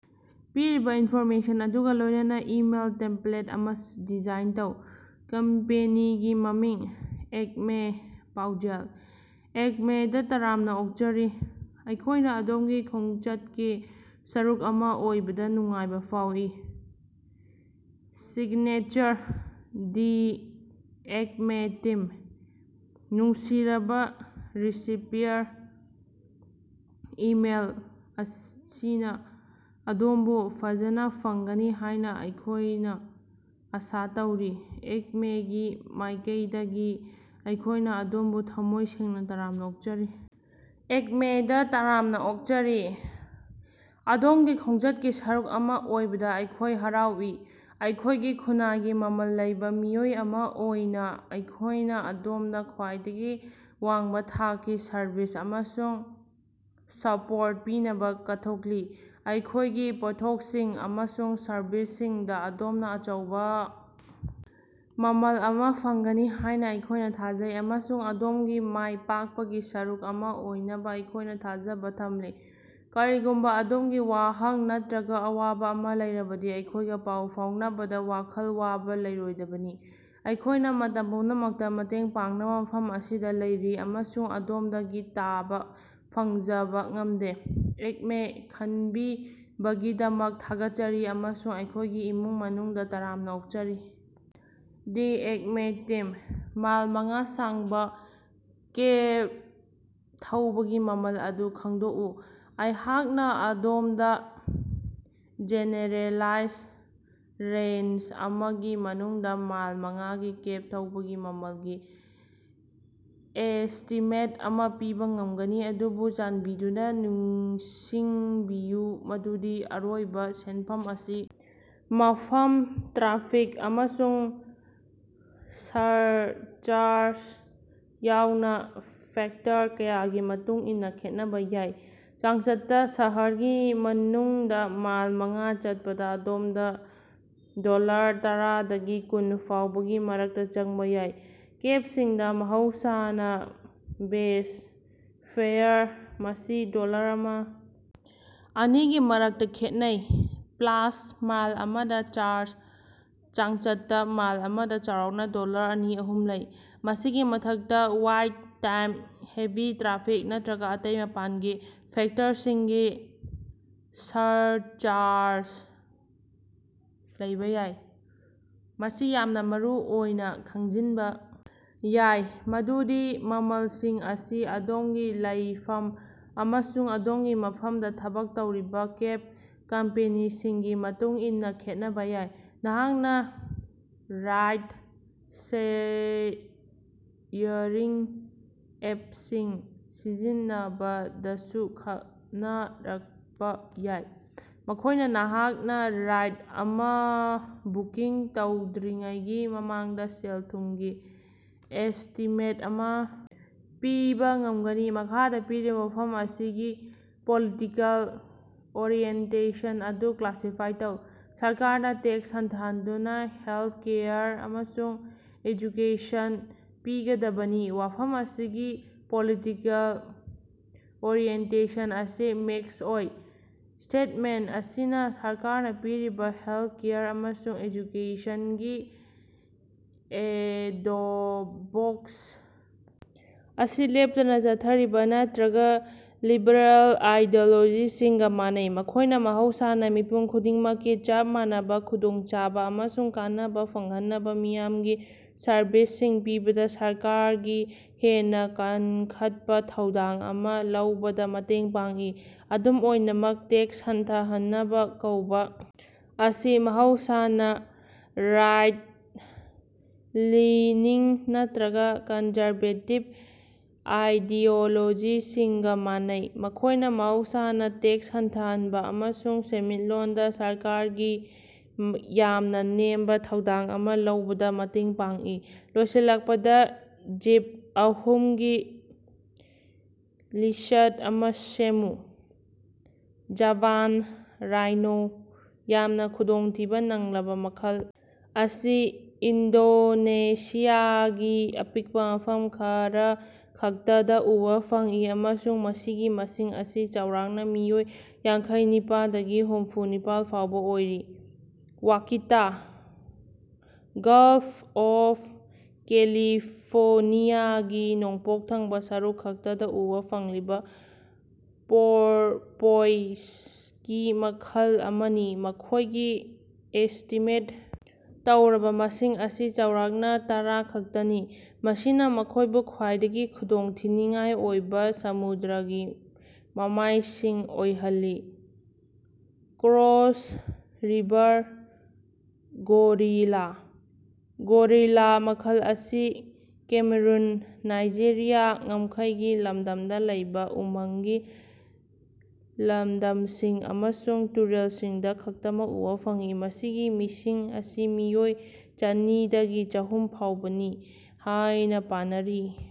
ꯄꯤꯔꯤꯕ ꯏꯟꯐꯣꯔꯃꯦꯁꯟ ꯑꯗꯨꯒ ꯂꯣꯏꯅꯅ ꯏꯃꯦꯜ ꯇꯦꯝꯄ꯭ꯂꯦꯠ ꯑꯃ ꯗꯤꯖꯥꯏꯟ ꯇꯧ꯫ ꯀꯝꯄꯦꯅꯤꯒꯤ ꯃꯃꯤꯡ: ꯑꯦꯛꯃꯦ ꯄꯥꯎꯖꯦꯜ: ꯑꯦꯛꯃꯦꯗ ꯇꯔꯥꯝꯅ ꯑꯣꯛꯆꯔꯤ! ꯑꯩꯈꯣꯏꯅ ꯑꯗꯣꯝꯒꯤ ꯈꯣꯡꯆꯠꯀꯤ ꯁꯔꯨꯛ ꯑꯃꯥ ꯑꯣꯏꯕꯗ ꯅꯨꯡꯉꯥꯏꯕ ꯐꯥꯎꯏ ꯫ꯁꯤꯒꯅꯦꯆꯔ: ꯗꯤ ꯑꯦꯛꯃꯦ ꯇꯤꯝ꯫ ꯅꯨꯡꯁꯤꯔꯕꯥ ꯔꯤꯁꯤꯄꯤꯌꯔ, ꯏꯃꯦꯜ ꯑꯁꯤꯅ ꯑꯗꯣꯝꯕꯨ ꯐꯖꯅ ꯐꯪꯒꯅꯤ ꯍꯥꯏꯅ ꯑꯩꯈꯣꯢꯅ ꯑꯥꯁꯥ ꯇꯧꯔꯤ꯫ ꯑꯦꯛꯃꯦ ꯒꯤ ꯃꯥꯏꯀꯩꯗꯒꯤ ꯑꯩꯈꯣꯏꯅ ꯑꯗꯣꯝꯕꯨ ꯊꯃꯣꯏ ꯁꯦꯡꯅ ꯇꯔꯥꯝꯅ ꯑꯣꯛꯆꯔꯤ! ꯑꯦꯛꯃꯦ ꯗ ꯇꯔꯥꯝꯅꯥꯑꯣꯛꯆꯔꯤ! ꯑꯗꯣꯝꯒꯤ ꯈꯣꯡꯆꯠꯀꯤ ꯁꯔꯨꯛ ꯑꯃ ꯑꯣꯏꯕꯗ ꯑꯩꯈꯣꯏ ꯍꯔꯥꯎꯏ꯫ ꯑꯩꯈꯣꯏꯒꯤ ꯈꯨꯟꯅꯥꯏꯒꯤ ꯃꯃꯜ ꯂꯩꯕ ꯃꯤꯑꯣꯏ ꯑꯃ ꯑꯣꯏꯅ ꯑꯩꯈꯣꯏꯅ ꯑꯗꯣꯝꯗ ꯈ꯭ꯋꯥꯏꯗꯒꯤ ꯋꯥꯡꯕ ꯊꯥꯛꯀꯤ ꯁꯔꯚꯤꯁ ꯑꯃꯁꯨꯡ ꯁꯄꯣꯔꯠ ꯄꯤꯅꯕ ꯀꯠꯊꯣꯛꯂꯤ꯫ ꯑꯩꯈꯣꯏꯒꯤ ꯄꯣꯠꯊꯣꯛꯁꯤꯡ ꯑꯃꯁꯨꯡ ꯁꯔꯕꯤꯁꯁꯤꯡꯗ ꯑꯗꯣꯝꯅ ꯑꯆꯧꯕꯥꯡ ꯃꯃꯜ ꯑꯃ ꯐꯪꯒꯅꯤ ꯍꯥꯏꯅ ꯑꯩꯈꯣꯏꯅ ꯊꯥꯖꯩ, ꯑꯃꯁꯨꯡ ꯑꯗꯣꯝꯒꯤ ꯃꯥꯏ ꯄꯥꯛꯄꯒꯤ ꯁꯔꯨꯛ ꯑꯃ ꯑꯣꯏꯅꯕ ꯑꯩꯈꯣꯏꯅ ꯊꯥꯖꯕꯥ ꯊꯝꯂꯤ꯫ ꯀꯔꯤꯒꯨꯝꯕ ꯑꯗꯣꯝꯒꯤ ꯋꯥꯍꯪ ꯅꯠꯇ꯭ꯔꯒ ꯑꯋꯥꯕ ꯑꯃ ꯂꯩꯔꯕꯗꯤ ꯑꯩꯈꯣꯏꯒ ꯄꯥꯎ ꯐꯥꯎꯅꯕꯗ ꯋꯥꯈꯜ ꯋꯥꯕ ꯂꯩꯔꯣꯏꯗꯕꯅꯤ꯫ ꯑꯩꯈꯣꯏꯅ ꯃꯇꯝ ꯄꯨꯝꯅꯃꯛꯇ ꯃꯇꯦꯡ ꯄꯥꯡꯅꯕꯥ ꯃꯐꯝ ꯑꯁꯤꯗꯥ ꯂꯩꯔꯤ, ꯑꯃꯁꯨꯡ ꯑꯗꯣꯝꯗꯒꯤ ꯇꯥꯕ ꯐꯪꯖꯕꯥ ꯉꯝꯗꯦ꯫ ꯑꯦꯛꯃꯦ ꯈꯟꯕꯤꯕꯒꯤꯗꯃꯛ ꯊꯥꯒꯠꯆꯔꯤ ꯑꯃꯁꯨꯡ ꯑꯩꯈꯣꯏꯒꯤ ꯏꯃꯨꯡ ꯃꯅꯨꯡꯗ ꯇꯔꯥꯝꯅꯥ ꯑꯣꯛꯆꯔꯤ! ꯗꯤ ꯑꯦꯛꯃꯦ ꯇꯤꯝ꯫ ꯃꯥꯏꯜ ꯃꯉꯥ ꯁꯥꯡꯕ ꯀꯦꯕ ꯊꯧꯕꯒꯤ ꯃꯃꯜ ꯑꯗꯨ ꯈꯪꯗꯣꯛꯎ꯫ ꯑꯩꯍꯥꯛꯅ ꯑꯗꯣꯝꯗ ꯖꯦꯅꯦꯔꯦꯂꯥꯏꯖ ꯔꯦꯟꯖ ꯑꯃꯒꯤ ꯃꯅꯨꯡꯗ ꯃꯥꯏꯜ ꯃꯉꯥꯒꯤ ꯀꯦꯕ ꯊꯧꯕꯒꯤ ꯃꯃꯜꯒꯤ ꯑꯦꯁꯇꯤꯃꯦꯠ ꯑꯃ ꯄꯤꯕ ꯉꯝꯒꯅꯤ, ꯑꯗꯨꯕꯨ ꯆꯥꯟꯕꯤꯗꯨꯅ ꯅꯤꯡꯁꯤꯡꯕꯤꯌꯨ ꯃꯗꯨꯗꯤ ꯑꯔꯣꯏꯕ ꯁꯦꯟꯐꯝ ꯑꯁꯤ ꯃꯐꯝ, ꯇ꯭ꯔꯥꯐꯤꯛ, ꯑꯃꯁꯨꯡ ꯁꯔꯆꯥꯔꯖ ꯌꯥꯎꯅ ꯐꯦꯛꯇꯔ ꯀꯌꯥꯒꯤ ꯃꯇꯨꯡ ꯏꯟꯅ ꯈꯦꯠꯅꯕ ꯌꯥꯏ꯫ ꯆꯥꯡꯆꯠꯇꯥ, ꯁꯍꯔꯒꯤ ꯃꯅꯨꯡꯗ ꯃꯥꯏꯜ ꯃꯉꯥ ꯆꯠꯄꯗ ꯑꯗꯣꯝꯗ ꯗꯣꯂꯔ ꯇꯔꯥꯗꯒꯤ ꯀꯨꯟ ꯐꯥꯎꯕꯒꯤ ꯃꯔꯛꯇ ꯆꯪꯕ ꯌꯥꯏ꯫ ꯀꯦꯕꯁꯤꯡꯗ ꯃꯍꯧꯁꯥꯅ ꯕꯦꯖ ꯐꯦꯌꯔ (ꯃꯁꯤ ꯗꯣꯂꯔ ꯑꯃꯥ - ꯑꯅꯤꯒꯤ ꯃꯔꯛꯇ ꯈꯦꯠꯅꯩ) ꯄ꯭ꯂꯥꯁ ꯃꯥꯏꯜ ꯑꯃꯗ ꯆꯥꯔꯖ (ꯆꯥꯡꯆꯠꯇ ꯃꯥꯏꯜ ꯑꯃꯗ ꯆꯥꯎꯔꯥꯛꯅ ꯗꯣꯂꯔ ꯑꯅꯤ - ꯑꯍꯨꯝ) ꯂꯩ꯫ ꯃꯁꯤꯒꯤ ꯃꯊꯛꯇ ꯋꯥꯏꯠ ꯇꯥꯏꯝ, ꯍꯦꯚꯤ ꯇ꯭ꯔꯥꯐꯤꯛ ꯅꯠꯇ꯭ꯔꯒ ꯑꯇꯩ ꯃꯄꯥꯟꯒꯤ ꯐꯦꯛꯇꯔꯁꯤꯡꯒꯤ ꯁꯔꯆꯥꯔꯖ ꯂꯩꯕ ꯌꯥꯏ꯫ ꯃꯁꯤ ꯌꯥꯝꯅ ꯃꯔꯨꯑꯣꯏꯅ ꯈꯪꯖꯤꯟꯕ ꯌꯥꯏ ꯃꯗꯨꯗꯤ ꯃꯃꯜꯁꯤꯡ ꯑꯁꯤ ꯑꯗꯣꯝꯒꯤ ꯂꯩꯐꯝ ꯑꯃꯁꯨꯡ ꯑꯗꯣꯝꯒꯤ ꯃꯐꯝꯗ ꯊꯕꯛ ꯇꯧꯔꯤꯕ ꯀꯦꯕ ꯀꯝꯄꯦꯅꯤꯁꯤꯡꯒꯤ ꯃꯇꯨꯡ ꯏꯟꯅ ꯈꯦꯠꯅꯕ ꯌꯥꯏ꯫ ꯅꯍꯥꯛꯅ ꯔꯥꯏꯗ-ꯁꯦꯌꯔꯤꯡ ꯑꯦꯞꯁꯤꯡ ꯁꯤꯖꯤꯟꯅꯕꯗꯁꯨ ꯈꯟꯅꯔꯛꯄ ꯌꯥꯏ, ꯃꯈꯣꯏꯅ ꯅꯍꯥꯛꯅ ꯔꯥꯏꯗ ꯑꯃ ꯕꯨꯀꯤꯡ ꯇꯧꯗ꯭ꯔꯤꯉꯩꯒꯤ ꯃꯃꯥꯡꯗꯥ ꯁꯦꯜ-ꯊꯨꯝꯒꯤ ꯑꯦꯁꯇꯤꯃꯦꯠ ꯑꯃ ꯄꯤꯕ ꯉꯝꯒꯅꯤ꯫ ꯃꯈꯥꯗ ꯄꯤꯔꯤꯕꯥ ꯋꯥꯐꯝ ꯑꯁꯤꯒꯤ ꯄꯣꯂꯤꯇꯤꯀꯦꯜ ꯑꯣꯔꯤꯑꯦꯟꯇꯦꯁꯟ ꯑꯗꯨ ꯀ꯭ꯂꯥꯁꯤꯐꯥꯏ ꯇꯧ: ꯁꯔꯀꯥꯔꯅ ꯇꯦꯛꯁ ꯍꯟꯊꯍꯟꯗꯨꯅ ꯍꯦꯜꯊꯀꯦꯌꯔ ꯑꯃꯁꯨꯡ ꯑꯦꯖꯨꯀꯦꯁꯟ ꯄꯤꯒꯗꯕꯅꯤ꯫ ꯋꯥꯐꯝ ꯑꯁꯤꯒꯤ ꯄꯣꯂꯤꯇꯤꯀꯦꯜ ꯑꯣꯔꯤꯑꯦꯟꯇꯦꯁꯟ ꯑꯁꯤ ꯃꯤꯛꯁ ꯑꯣꯏ꯫ ꯁ꯭ꯇꯦꯠꯃꯦꯟꯇ ꯑꯁꯤꯅ ꯁꯔꯀꯥꯔꯅ ꯄꯤꯔꯤꯕ ꯍꯦꯜꯊꯀꯦꯌꯔ ꯑꯃꯁꯨꯡ ꯑꯦꯖꯨꯀꯦꯁꯟꯒꯤ ꯑꯦꯗꯣꯕꯣꯛꯁ ꯑꯁꯤ ꯂꯦꯞꯇꯅ ꯆꯠꯊꯔꯤꯕ ꯅꯠꯇ꯭ꯔꯒ ꯂꯤꯕꯔꯜ ꯑꯥꯏꯗꯤꯑꯣꯂꯣꯖꯤꯁꯤꯡꯒꯥ ꯃꯥꯟꯅꯩ, ꯃꯈꯣꯏꯅ ꯃꯍꯧꯁꯥꯅ ꯃꯤꯄꯨꯝ ꯈꯨꯗꯤꯡꯃꯛꯀꯤ ꯆꯞ ꯃꯥꯟꯅꯕ ꯈꯨꯗꯣꯡꯆꯥꯕ ꯑꯃꯁꯨꯡ ꯀꯥꯟꯅꯕ ꯐꯪꯍꯟꯅꯕ ꯃꯤꯌꯥꯝꯒꯤ ꯁꯔꯕꯤꯁꯁꯤꯡ ꯄꯤꯕꯗ ꯁꯔꯀꯥꯔꯒꯤ ꯍꯦꯟꯅ ꯀꯟꯈꯠꯄ ꯊꯧꯗꯥꯡ ꯑꯃ ꯂꯧꯕꯗ ꯃꯇꯦꯡ ꯄꯥꯡꯏ꯫ ꯑꯗꯨꯝ ꯑꯣꯏꯅꯃꯛ, ꯇꯦꯛꯁ ꯍꯟꯊꯍꯟꯅꯕ ꯀꯧꯕ ꯑꯁꯤ ꯃꯍꯧꯁꯥꯅ ꯔꯥꯏꯠ-ꯂꯤꯅꯤꯡ ꯅꯠꯇ꯭ꯔꯒ ꯀꯟꯖꯔꯕꯦꯇꯤꯕ ꯑꯥꯏꯗꯤꯑꯣꯂꯣꯖꯤꯁꯤꯡꯒ ꯃꯥꯟꯅꯩ꯫ ꯃꯈꯣꯏꯅ ꯃꯍꯧꯁꯥꯅ ꯇꯦꯛꯁ ꯍꯟꯊꯍꯟꯕ ꯑꯃꯁꯨꯡ ꯁꯦꯟꯃꯤꯠꯂꯣꯟꯗ ꯁꯔꯀꯥꯔꯒꯤ ꯌꯥꯝꯅ ꯅꯦꯝꯕ ꯊꯧꯗꯥꯡ ꯑꯃ ꯂꯧꯕꯗ ꯃꯇꯦꯡ ꯄꯥꯡꯏ꯫ ꯂꯣꯏꯁꯤꯜꯂꯛꯄꯗ ꯖꯤꯕ ꯑꯍꯨꯝꯒꯤ ꯂꯤꯁ꯭ꯠ ꯑꯃ ꯁꯦꯝꯃꯨ꯫ ꯖꯥꯚꯥꯟ ꯔꯥꯏꯅꯣ: ꯌꯥꯝꯅ ꯈꯨꯗꯣꯡꯊꯤꯕ ꯅꯪꯂꯕ ꯃꯈꯜ ꯑꯁꯤ ꯏꯟꯗꯣꯅꯦꯁꯤꯌꯥꯒꯤ ꯑꯄꯤꯛꯄ ꯃꯐꯝ ꯈꯔꯈꯛꯇꯗ ꯎꯕ ꯐꯪꯏ ꯑꯃꯁꯨꯡ ꯃꯁꯤꯒꯤ ꯃꯁꯤꯡ ꯑꯁꯤ ꯆꯥꯎꯔꯥꯛꯅ ꯃꯤꯑꯣꯏ ꯌꯥꯡꯈꯩꯅꯤꯄꯥꯜꯗꯒꯤ ꯍꯨꯝꯐꯨ ꯅꯤꯄꯥꯜ ꯐꯥꯎꯕ ꯑꯣꯏꯔꯤ꯫ ꯋꯥꯀꯤꯇꯥ: ꯒꯜꯐ ꯑꯣꯐ ꯀꯦꯂꯤꯐꯣꯔꯅꯤꯌꯥꯒꯤ ꯅꯣꯡꯄꯣꯛ ꯊꯪꯕ ꯁꯔꯨꯛ ꯈꯛꯇꯗ ꯎꯕ ꯐꯪꯂꯤꯕ ꯄꯣꯔꯄꯣꯏꯖꯒꯤ ꯃꯈꯜ ꯑꯃꯅꯤ꯫ ꯃꯈꯣꯏꯒꯤ ꯑꯦꯁ꯭ꯇꯤꯃꯦꯠ ꯇꯧꯔꯕ ꯃꯁꯤꯡ ꯑꯁꯤ ꯆꯥꯎꯔꯥꯛꯅ ꯇꯔꯥꯈꯛꯇꯅꯤ, ꯃꯁꯤꯅ ꯃꯈꯣꯏꯕꯨ ꯈ꯭ꯋꯥꯏꯗꯒꯤ ꯈꯨꯗꯣꯡꯊꯤꯅꯤꯡꯉꯥꯏ ꯑꯣꯏꯕ ꯁꯃꯨꯗ꯭ꯔꯒꯤ ꯃꯃꯥꯏꯁꯤꯡ ꯑꯣꯏꯍꯜꯂꯤ꯫ ꯀ꯭ꯔꯣꯁ ꯔꯤꯚꯔ ꯒꯣꯔꯤꯂꯥ: ꯒꯣꯔꯤꯂꯥ ꯃꯈꯜ ꯑꯁꯤ ꯀꯦꯃꯔꯨꯟ-ꯅꯥꯏꯖꯦꯔꯤꯌꯥ ꯉꯝꯈꯩꯒꯤ ꯂꯝꯗꯝꯗ ꯂꯩꯕꯥ ꯎꯃꯪꯒꯤ ꯂꯜꯗꯝꯁꯤꯡ ꯑꯃꯁꯨꯡ ꯇꯨꯔꯦꯜꯁꯤꯡꯗ ꯈꯛꯇꯃꯛ ꯎꯕ ꯐꯪꯏ, ꯃꯁꯤꯒꯤ ꯃꯤꯁꯤꯡ ꯑꯁꯤ ꯃꯤꯑꯣꯏ ꯆꯅꯤ ꯗꯒꯤ ꯆꯍꯨꯝ ꯐꯥꯎꯕꯅꯤ ꯍꯥꯌꯅ ꯄꯥꯅꯔꯤ꯫